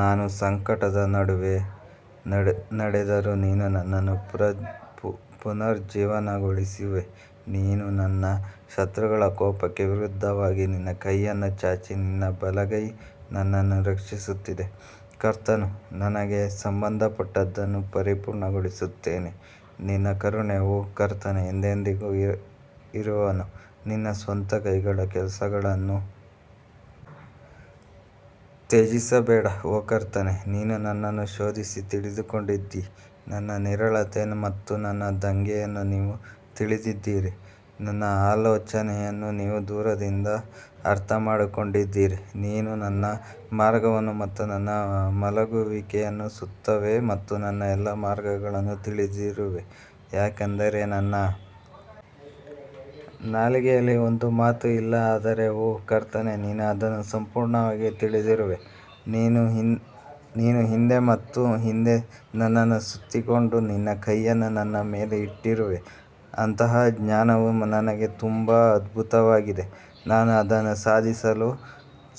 ನಾನು ಸಂಕಟದ ನಡುವೆ ನಡೆದರೂ ನೀನು ನನ್ನನ್ನು ಪುನರುಜ್ಜೀವನಗೊಳಿಸುವೆ ನೀನು ನನ್ನ ಶತ್ರುಗಳ ಕೋಪಕ್ಕೆ ವಿರುದ್ಧವಾಗಿ ನಿನ್ನ ಕೈಯನ್ನು ಚಾಚಿ ನಿನ್ನ ಬಲಗೈ ನನ್ನನ್ನು ರಕ್ಷಿಸುತ್ತದೆ ಕರ್ತನು ನನಗೆ ಸಂಬಂಧಪಟ್ಟದ್ದನ್ನು ಪರಿಪೂರ್ಣಗೊಳಿಸುತ್ತಾನೆ ನಿನ್ನ ಕರುಣೆ ಓ ಕರ್ತನೇ ಎಂದೆಂದಿಗೂ ಇರುವನು ನಿನ್ನ ಸ್ವಂತ ಕೈಗಳ ಕೆಲಸಗಳನ್ನು ತ್ಯಜಿಸಬೇಡ ಓ ಕರ್ತನೇ ನೀನು ನನ್ನನ್ನು ಶೋಧಿಸಿ ತಿಳಿದುಕೊಂಡಿದ್ದೀ ನನ್ನ ನಿರಾಳತೆ ಮತ್ತು ನನ್ನ ದಂಗೆಯನ್ನು ನೀವು ತಿಳಿದಿದ್ದೀರಿ, ನನ್ನ ಆಲೋಚನೆಯನ್ನು ನೀವು ದೂರದಿಂದ ಅರ್ಥಮಾಡಿಕೊಂಡಿದ್ದೀರಿ ನೀನು ನನ್ನ ಮಾರ್ಗವನ್ನು ಮತ್ತು ನನ್ನ ಮಲಗುವಿಕೆಯನ್ನು ಸುತ್ತುವೆ ಮತ್ತು ನನ್ನ ಎಲ್ಲಾ ಮಾರ್ಗಗಳನ್ನು ತಿಳಿದಿರುವೆ ಯಾಕಂದರೆ ನನ್ನ ನಾಲಿಗೆಯಲ್ಲಿ ಒಂದು ಮಾತು ಇಲ್ಲ ಆದರೆ ಓ ಕರ್ತನೇ ನೀನು ಅದನ್ನು ಸಂಪೂರ್ಣವಾಗಿ ತಿಳಿದಿರುವೆ ನೀನು ಹಿಂದೆ ಮತ್ತು ಹಿಂದೆ ನನ್ನನ್ನು ಸುತ್ತಿಕೊಂಡು ನಿನ್ನ ಕೈಯನ್ನು ನನ್ನ ಮೇಲೆ ಇಟ್ಟಿರುವೆ ಅಂತಹ ಜ್ಞಾನವು ನನಗೆ ತುಂಬಾ ಅದ್ಭುತವಾಗಿದೆ, ನಾನು ಅದನ್ನು ಸಾಧಿಸಲು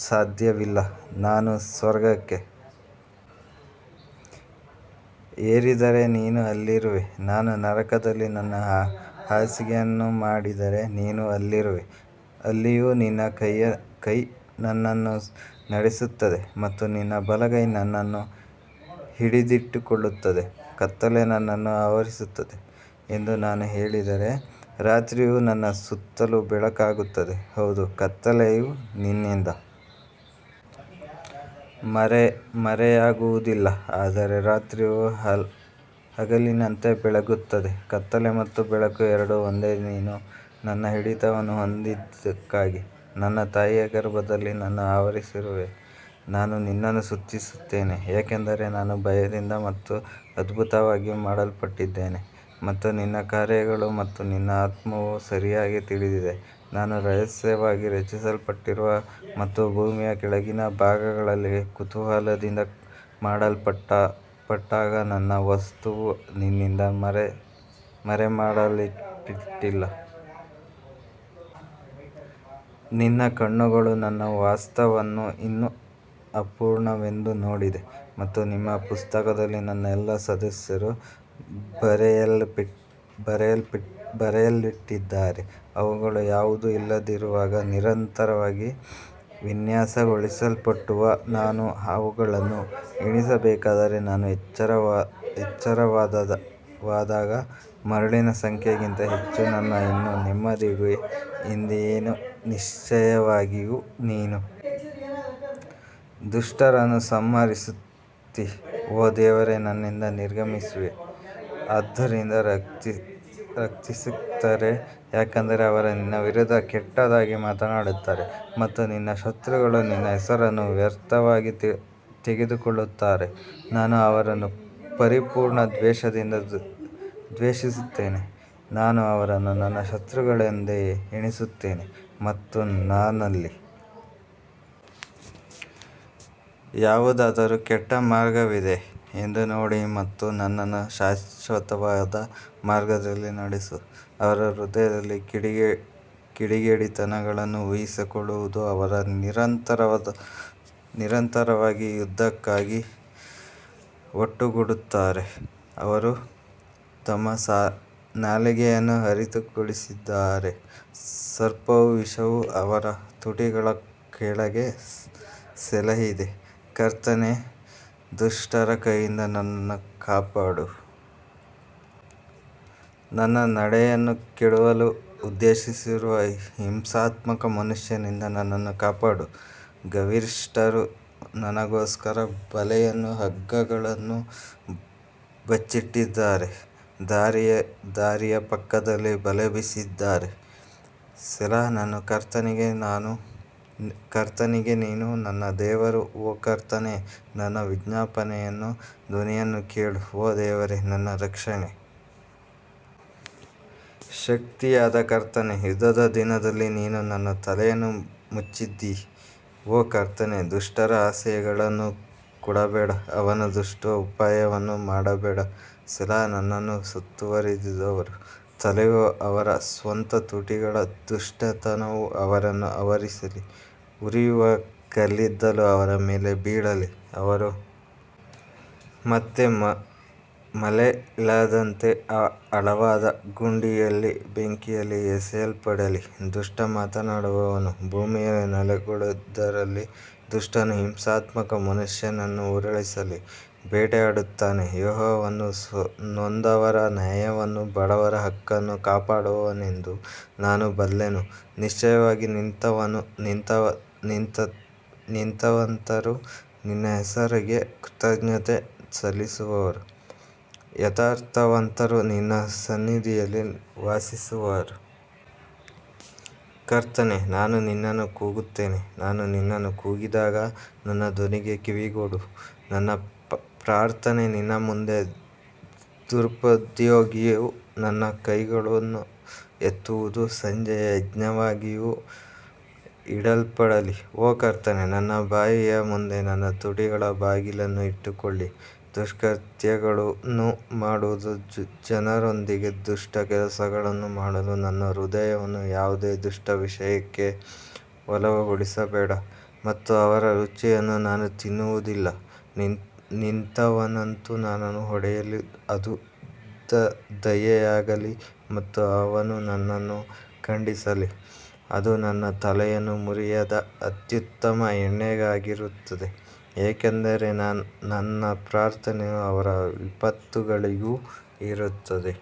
ಸಾಧ್ಯವಿಲ್ಲ ನಾನು ಸ್ವರ್ಗಕ್ಕೆ ಏರಿದರೆ ನೀನು ಅಲ್ಲಿರುವೆ ನಾನು ನರಕದಲ್ಲಿ ನನ್ನ ಹಾಸಿಗೆಯನ್ನು ಮಾಡಿದರೆ ನೀನು ಅಲ್ಲಿರುವೆ ಅಲ್ಲಿಯೂ ನಿನ್ನ ಕೈ ನನ್ನನ್ನು ನಡೆಸುತ್ತದೆ ಮತ್ತು ನಿನ್ನ ಬಲಗೈ ನನ್ನನ್ನು ಹಿಡಿದಿಟ್ಟುಕೊಳ್ಳುತ್ತದೆ ಕತ್ತಲೆ ನನ್ನನ್ನು ಆವರಿಸುತ್ತದೆ ಎಂದು ನಾನು ಹೇಳಿದರೆ ರಾತ್ರಿಯೂ ನನ್ನ ಸುತ್ತಲೂ ಬೆಳಕಾಗುತ್ತದೆ ಹೌದು ಕತ್ತಲೆಯು ನಿನ್ನಿಂದ ಮರೆಯಾಗುವುದಿಲ್ಲ ಆದರೆ ರಾತ್ರಿಯು ಹಗಲಿನಂತೆ ಬೆಳಗುತ್ತದೆ ಕತ್ತಲೆ ಮತ್ತು ಬೆಳಕು ಎರಡೂ ಒಂದೇ ನೀನು ನನ್ನ ಹಿಡಿತವನ್ನು ಹೊಂದಿದ್ದಕ್ಕಾಗಿ ನನ್ನ ತಾಯಿಯ ಗರ್ಭದಲ್ಲಿ ನನ್ನನ್ನು ಆವರಿಸಿರುವೆ ನಾನು ನಿನ್ನನ್ನು ಸ್ತುತಿಸುತ್ತೇನೆ ಏಕೆಂದರೆ ನಾನು ಭಯದಿಂದ ಮತ್ತು ಅದ್ಭುತವಾಗಿ ಮಾಡಲ್ಪಟ್ಟಿದ್ದೇನೆ ಮತ್ತು ನಿನ್ನ ಕಾರ್ಯಗಳು ಮತ್ತು ನನ್ನ ಆತ್ಮವು ಸರಿಯಾಗಿ ತಿಳಿದಿದೆ ನಾನು ರಹಸ್ಯವಾಗಿ ರಚಿಸಲ್ಪಟ್ಟಾಗ ಮತ್ತು ಭೂಮಿಯ ಕೆಳಗಿನ ಭಾಗಗಳಲ್ಲಿ ಕುತೂಹಲದಿಂದ ಮಾಡಲ್ಪಟ್ಟಾಗ ನನ್ನ ವಸ್ತುವು ನಿನ್ನಿಂದ ಮರೆಮಾಡಲ್ಪಟ್ಟಿಲ್ಲ. ನಿನ್ನ ಕಣ್ಣುಗಳು ನನ್ನ ವಸ್ತುವನ್ನು ಇನ್ನೂ ಅಪೂರ್ಣವೆಂದು ನೋಡಿದೆ ಮತ್ತು ನಿಮ್ಮ ಪುಸ್ತಕದಲ್ಲಿ ನನ್ನ ಎಲ್ಲಾ ಸದಸ್ಯರು ಬರೆಯಲ್ಪಟ್ಟಿದ್ದಾರೆ, ಅವುಗಳು ಯಾವುದೂ ಇಲ್ಲದಿರುವಾಗ ನಿರಂತರವಾಗಿ ವಿನ್ಯಾಸಗೊಳಿಸಲ್ಪಟ್ಟವು. ನಾನು ಅವುಗಳನ್ನು ಎಣಿಸಬೇಕಾದರೆ, ನಾನು ಎಚ್ಚರವಾದಾಗ ಮರಳಿನ ಸಂಖ್ಯೆಗಿಂತ ಹೆಚ್ಚು, ನಾನು ಇನ್ನೂ ನಿಮ್ಮೊಂದಿಗೆ ಇದ್ದೇನೆ ನಿಶ್ಚಯವಾಗಿಯೂ ನೀನು ದುಷ್ಟರನ್ನು ಸಂಹರಿಸುತ್ತೀ ಓ ದೇವರೇ ನನ್ನಿಂದ ನಿರ್ಗಮಿಸುವೆ ಆದ್ದರಿಂದ ರಕ್ತಸಿಕ್ತರೇ ಯಾಕಂದರೆ ಅವರು ನಿನ್ನ ವಿರುದ್ಧ ಕೆಟ್ಟದಾಗಿ ಮಾತನಾಡುತ್ತಾರೆ ಮತ್ತು ನಿನ್ನ ಶತ್ರುಗಳು ನಿನ್ನ ಹೆಸರನ್ನು ವ್ಯರ್ಥವಾಗಿ ತೆಗೆದುಕೊಳ್ಳುತ್ತಾರೆ ನಾನು ಅವರನ್ನು ಪರಿಪೂರ್ಣ ದ್ವೇಷದಿಂದ ದ್ವೇಷಿಸುತ್ತೇನೆ ನಾನು ಅವರನ್ನು ನನ್ನ ಶತ್ರುಗಳೆಂದು ಎಣಿಸುತ್ತೇನೆ ಮತ್ತು ನನ್ನಲ್ಲಿ ಯಾವುದಾದರೂ ಕೆಟ್ಟ ಮಾರ್ಗವಿದೆಯೇ ಎಂದು ನೋಡಿ ಮತ್ತು ನನ್ನನ್ನು ಶಾಶ್ವತವಾದ ಮಾರ್ಗದಲ್ಲಿ ನಡೆಸು ಅವರ ಹೃದಯದಲ್ಲಿ ಕಿಡಿಗೇಡಿತನಗಳನ್ನು ಊಹಿಸಿಕೊಳ್ಳುವುದು ಅವರು ನಿರಂತರವಾಗಿ ಯುದ್ಧಕ್ಕಾಗಿ ಒಟ್ಟುಗೂಡುತ್ತಾರೆ ಅವರು ತಮ್ಮ ನಾಲಿಗೆಯನ್ನು ಹರಿತಗೊಳಿಸಿದ್ದಾರೆ ಸರ್ಪವು ವಿಷವು ಅವರ ತುಟಿಗಳ ಕೆಳಗೆ ಸೆಲಾಹಿದೆ ಕರ್ತನೇ, ದುಷ್ಟರ ಕೈಯಿಂದ ನನ್ನನ್ನು ಕಾಪಾಡು, ನನ್ನ ನಡೆಯನ್ನು ಕೆಡವಲು ಉದ್ದೇಶಿಸಿರುವ ಹಿಂಸಾತ್ಮಕ ಮನುಷ್ಯನಿಂದ ನನ್ನನ್ನು ಕಾಪಾಡು ಗರ್ವಿಷ್ಠರು ನನಗೋಸ್ಕರ ಬಲೆಯನ್ನೂ ಹಗ್ಗಗಳನ್ನೂ ಬಚ್ಚಿಟ್ಟಿದ್ದಾರೆ ದಾರಿಯ ಪಕ್ಕದಲ್ಲಿ ಬಲೆ ಬೀಸಿದ್ದಾರೆ ಸೆಲಾ ನಾನು ಕರ್ತನಿಗೆ ನೀನು ನನ್ನ ದೇವರು, ಓ ಕರ್ತನೇ ನನ್ನ ವಿಜ್ಞಾಪನೆಗಳ ಧ್ವನಿಯನ್ನು ಕೇಳು ಓ ದೇವರೇ, ನನ್ನ ರಕ್ಷಣೆಯ ಶಕ್ತಿಯಾದ ಕರ್ತನೇ, ಯುದ್ಧದ ದಿನದಲ್ಲಿ ನೀನು ನನ್ನ ತಲೆಯನ್ನು ಮುಚ್ಚಿದ್ದೀ ಓ ಕರ್ತನೇ ದುಷ್ಟರ ಆಸೆಗಳನ್ನು ಕೊಡಬೇಡ ಅವನ ದುಷ್ಟ ಉಪಾಯವನ್ನು ಮಾಡಬೇಡ ಸೆಲಾ ನನ್ನನ್ನು ಸುತ್ತುವರಿದವರ ತಲೆಯು ಅವರ ಸ್ವಂತ ತುಟಿಗಳ ದುಷ್ಟತನವು ಅವರನ್ನು ಆವರಿಸಲಿ ಉರಿಯುವ ಕಲ್ಲಿದ್ದಲು ಅವರ ಮೇಲೆ ಬೀಳಲಿ, ಅವರು ಮತ್ತೆ ಮೇಲೇಳದಂತೆ ಆಳವಾದ ಗುಂಡಿಗಳಲ್ಲಿ ಬೆಂಕಿಯಲ್ಲಿ ಎಸೆಯಲ್ಪಡಲಿ ದುಷ್ಟ ಮಾತನಾಡುವವನು ಭೂಮಿಯಲ್ಲಿ ನೆಲೆಗೊಳ್ಳದಿರಲಿ, ದುಷ್ಟನು ಹಿಂಸಾತ್ಮಕ ಮನುಷ್ಯನನ್ನು ಉರುಳಿಸಲು ಬೇಟೆಯಾಡುತ್ತಾನೆ ಯೆಹೋವನು ನೊಂದವರ ನ್ಯಾಯವನ್ನೂ ಬಡವರ ಹಕ್ಕನ್ನೂ ಕಾಪಾಡುವನೆಂದು ನಾನು ಬಲ್ಲೆನು ನಿಶ್ಚಯವಾಗಿ ನೀತಿವಂತರು ನಿನ್ನ ಹೆಸರಿಗೆ ಕೃತಜ್ಞತೆ ಸಲ್ಲಿಸುವರು ಯಥಾರ್ಥವಂತರು ನಿನ್ನ ಸನ್ನಿಧಿಯಲ್ಲಿ ವಾಸಿಸುವರು ಕರ್ತನೇ, ನಾನು ನಿನ್ನನ್ನು ಕೂಗುತ್ತೇನೆ, ನಾನು ನಿನ್ನನ್ನು ಕೂಗಿದಾಗ ನನ್ನ ಧ್ವನಿಗೆ ಕಿವಿಗೊಡು ನನ್ನ ಪ್ರಾರ್ಥನೆಯು ನಿನ್ನ ಮುಂದೆ ಧೂಪದ್ರವ್ಯವಾಗಿಯೂ ನನ್ನ ಕೈಗಳನ್ನು ಎತ್ತುವುದು ಸಂಜೆಯ ಯಜ್ಞವಾಗಿಯೂ ಇಡಲ್ಪಡಲಿ ಓ ಕರ್ತನೇ, ನನ್ನ ಬಾಯಿಯ ಮುಂದೆ ನನ್ನ ತುಟಿಗಳ ಬಾಗಿಲನ್ನು ಇಟ್ಟುಕೊಳ್ಳಿ ದುಷ್ಕೃತ್ಯಗಳನ್ನು ಮಾಡುವ ಜನರೊಂದಿಗೆ ದುಷ್ಟ ಕೆಲಸಗಳನ್ನು ಮಾಡಲು ನನ್ನ ಹೃದಯವನ್ನು ಯಾವುದೇ ದುಷ್ಟ ವಿಷಯಕ್ಕೆ ಒಲವುಗೊಳಿಸಬೇಡಿ ಮತ್ತು ಅವರ ರುಚಿಯನ್ನು ನಾನು ತಿನ್ನುವುದಿಲ್ಲ ನೀತಿವಂತನು ನನ್ನನ್ನು ಹೊಡೆಯಲಿ ಅದು ದಯೆಯಾಗಲಿ ಮತ್ತು ಅವನು ನನ್ನನ್ನು ಖಂಡಿಸಲಿ ಅದು ನನ್ನ ತಲೆಯನ್ನು ಮುರಿಯದ ಅತ್ಯುತ್ತಮ ಎಣ್ಣೆಯಾಗಿರುತ್ತದೆ ಏಕೆಂದರೆ ನನ್ನ ಪ್ರಾರ್ಥನೆಯು ಅವರ ವಿಪತ್ತುಗಳಲ್ಲಿಯೂ ಇರುತ್ತದೆ.